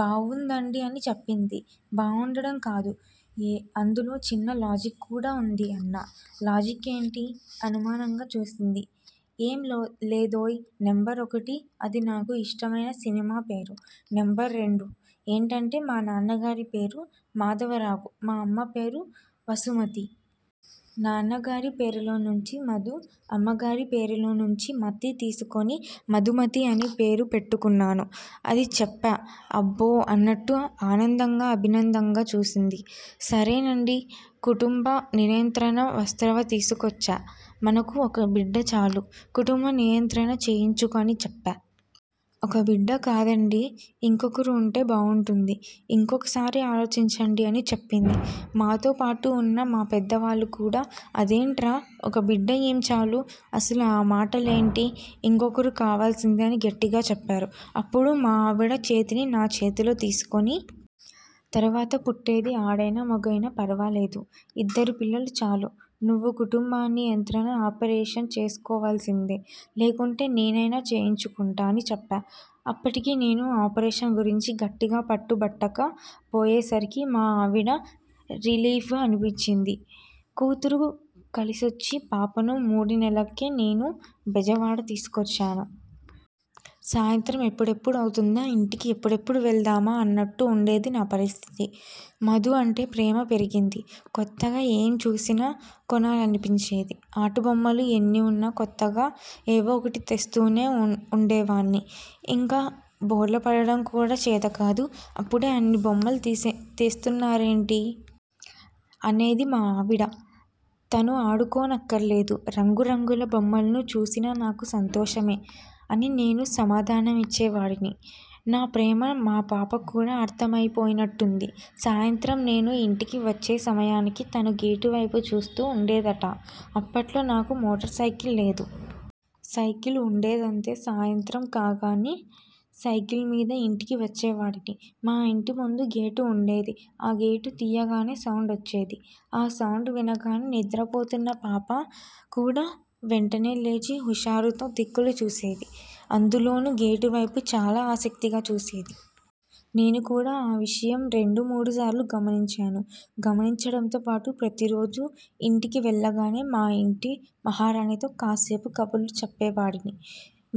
బావుందండీ' అని చెప్పింది. 'బావుండటం కాదు. అందులో చిన్న లాజిక్ కూడా ఉంది' అన్నా. 'లాజిక్కేంటి? ' అనుమానంగా చూసింది. 'ఏం లో లేదోయ్.. నెంబర్ ఒకటి. అది నాకు ఇష్టమైన సినిమా పేరు. నెంబర్ రెండు. ఏంటంటే.. మా నాన్నగారి పేరు మాధవరావు. మా అమ్మ పేరు వసుమతి. నాన్నగారి పేరులో నుంచి మధు, అమ్మగారి పేరు నుంచిమతి తీసుకుని మధుమతి అని పేరు పెట్టుకుంటాను అని చెప్పా''అబ్బో.. ' అన్నట్టు ఆనందంగా, అభినందనగా చూసింది. సరేనని కుటుంబ నియంత్రణ ప్రస్తావన తీసుకొచ్చా. 'మనకు ఒక బిడ్డ చాలు. కుటుంబ నియంత్రణ చేయించుకో' అని చెప్పా. 'ఒక్క బిడ్డ కాదండీ. ఇంకొకరు ఉంటే బావుంటుంది. ఇంకొక్కసారి ఆలోచించండి' అని చెప్పింది. మాతో పాటు ఉన్న మా పెద్దవాళ్లు కూడా 'అదేంట్రా ఒక బిడ్డ ఏం చాలు. అసలు ఆ మాటలేంటి? ఇంకొకరు కావాల్సిందే' అని గట్టిగా చెప్పారు. అప్పుడు మా ఆవిడ చేతిని నా చేతిలోకి తీసుకుని.. 'తర్వాత పుట్టేది ఆడైనా, మగైనా ఫర్వాలేదు. ఇద్దరు పిల్లలు చాలు. నువ్వు కుటుంబని యంత్రణ ఆపరేషన్ చేయించుకోవాల్సిందే. లేకుంటే నేనైనా చేయించుకుంటా' అని చెప్పా. అప్పటికి నేను ఆపరేషన్ గురించి గట్టిగా పట్టుబట్టక పోయేసరికి మా ఆవిడక రిలీఫ్గా అనిపించింది. కూతురు కలిసొచ్చింది పాపను మూడునెలలకే నేను బెజవాడకు తీసుకొచ్చేను. సాయంత్రం ఎప్పుడెప్పుడు అవుతుందా? ఇంటికి ఎప్పుడెప్పుడు వెళ్దామా అన్నట్టు ఉండేది నా పరిస్థితి. మధు అంటే ప్రేమ పెరిగింది. కొత్తగా ఏం చూసినా కొనాలనిపించేది. ఆటబొమ్మలు ఎన్నిఉన్నా కొత్తగా ఏవో ఒకటి తెస్తూనే ఉండేవాడిని. 'ఇంకా బోర్లాపడటం కూడా చేతకాదు. అప్పుడే అన్ని బొమ్మలు తీసి తెస్తున్నారేంటి? ' అనేది మా ఆవిడ. తను ఆడుకోనక్కర్లేదు. 'రంగురంగుల బొమ్మలను చూసినా నాకు సంతోషమే' అని నేను సమాధానమిచ్చే వాడిని. నా ప్రేమ మా పాపకు కూడా అర్థమైపోయినట్టుంది. సాయంత్రం నేను ఇంటికి వచ్చే సమయానికి తను గేటు వైపు చూస్తూ ఉండేదట. అప్పట్లో నాకు మోటార్ సైకిల్ లేదు. సైకిల్ ఉండేదంతే. సాయంత్రం కాగానే సైకిల్ మీద ఇంటికి వచ్చేవాడిని. మా ఇంటి ముందు గేటు ఉండేది. ఆ గేటు తీయగానే సౌండ్ వచ్చేది. ఆ సౌండ్ వినగానే నిద్రపోతున్న పాపకూడా వెంటనే లేచి, హుషారుతో దిక్కులు చూసేది. అందులోనూ గేటు వైపు చాలా ఆసక్తిగా చూసేది. నేను కూడా ఆ విషయం రెండు, మూడుసార్లు గమనించాను. గమనించడంతో పాటు ప్రతిరోజూ ఇంటికి వెళ్లగానే మా ఇంటి మహారాణితో కాసేపు కబుర్లు చెప్పేవాడిని.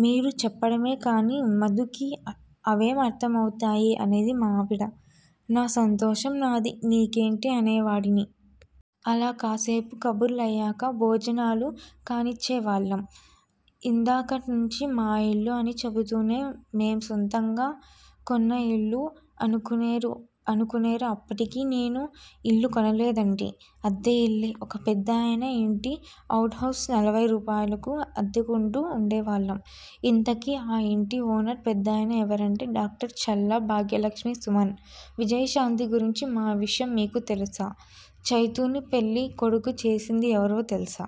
'మీరు చెప్పడమే కానీ మధుకి అవేం అర్థమవుతాయి? ' అనేది మా ఆవిడ. 'నా సంతోషం నాది.. నీకేంటి? ' అనేవాడిని. అలా కాసేపు కబుర్లయ్యాక భోజనాలు కానిచ్చేవాళ్లం. ఇందాకటినుంచీ.. మా ఇల్లు అని చెబుతుంటే మేం సొంతంగా కొన్న ఇల్లు అనుకునేరుఅప్పటికి నేను ఇల్లు కొనలేదండీ. అద్దెఇల్లే. ఒక పెద్దాయన ఇంటి ఔట్హౌస్కి నలభైరూపాయలు అద్దెకడుతూ ఉండేవాళ్లం. ఇంతకీ ఆ ఇంటి ఓనర్ పెద్దాయన ఎవరంటే.. డాక్టర్ చల్లా భాగ్యలక్ష్మి సుమన్, విజయశాంతి గురించి ఈ విషయం మీకు తెలుసా? చైతూని పెళ్లి కొడుకు చేసింది ఎవరో తెలుసా?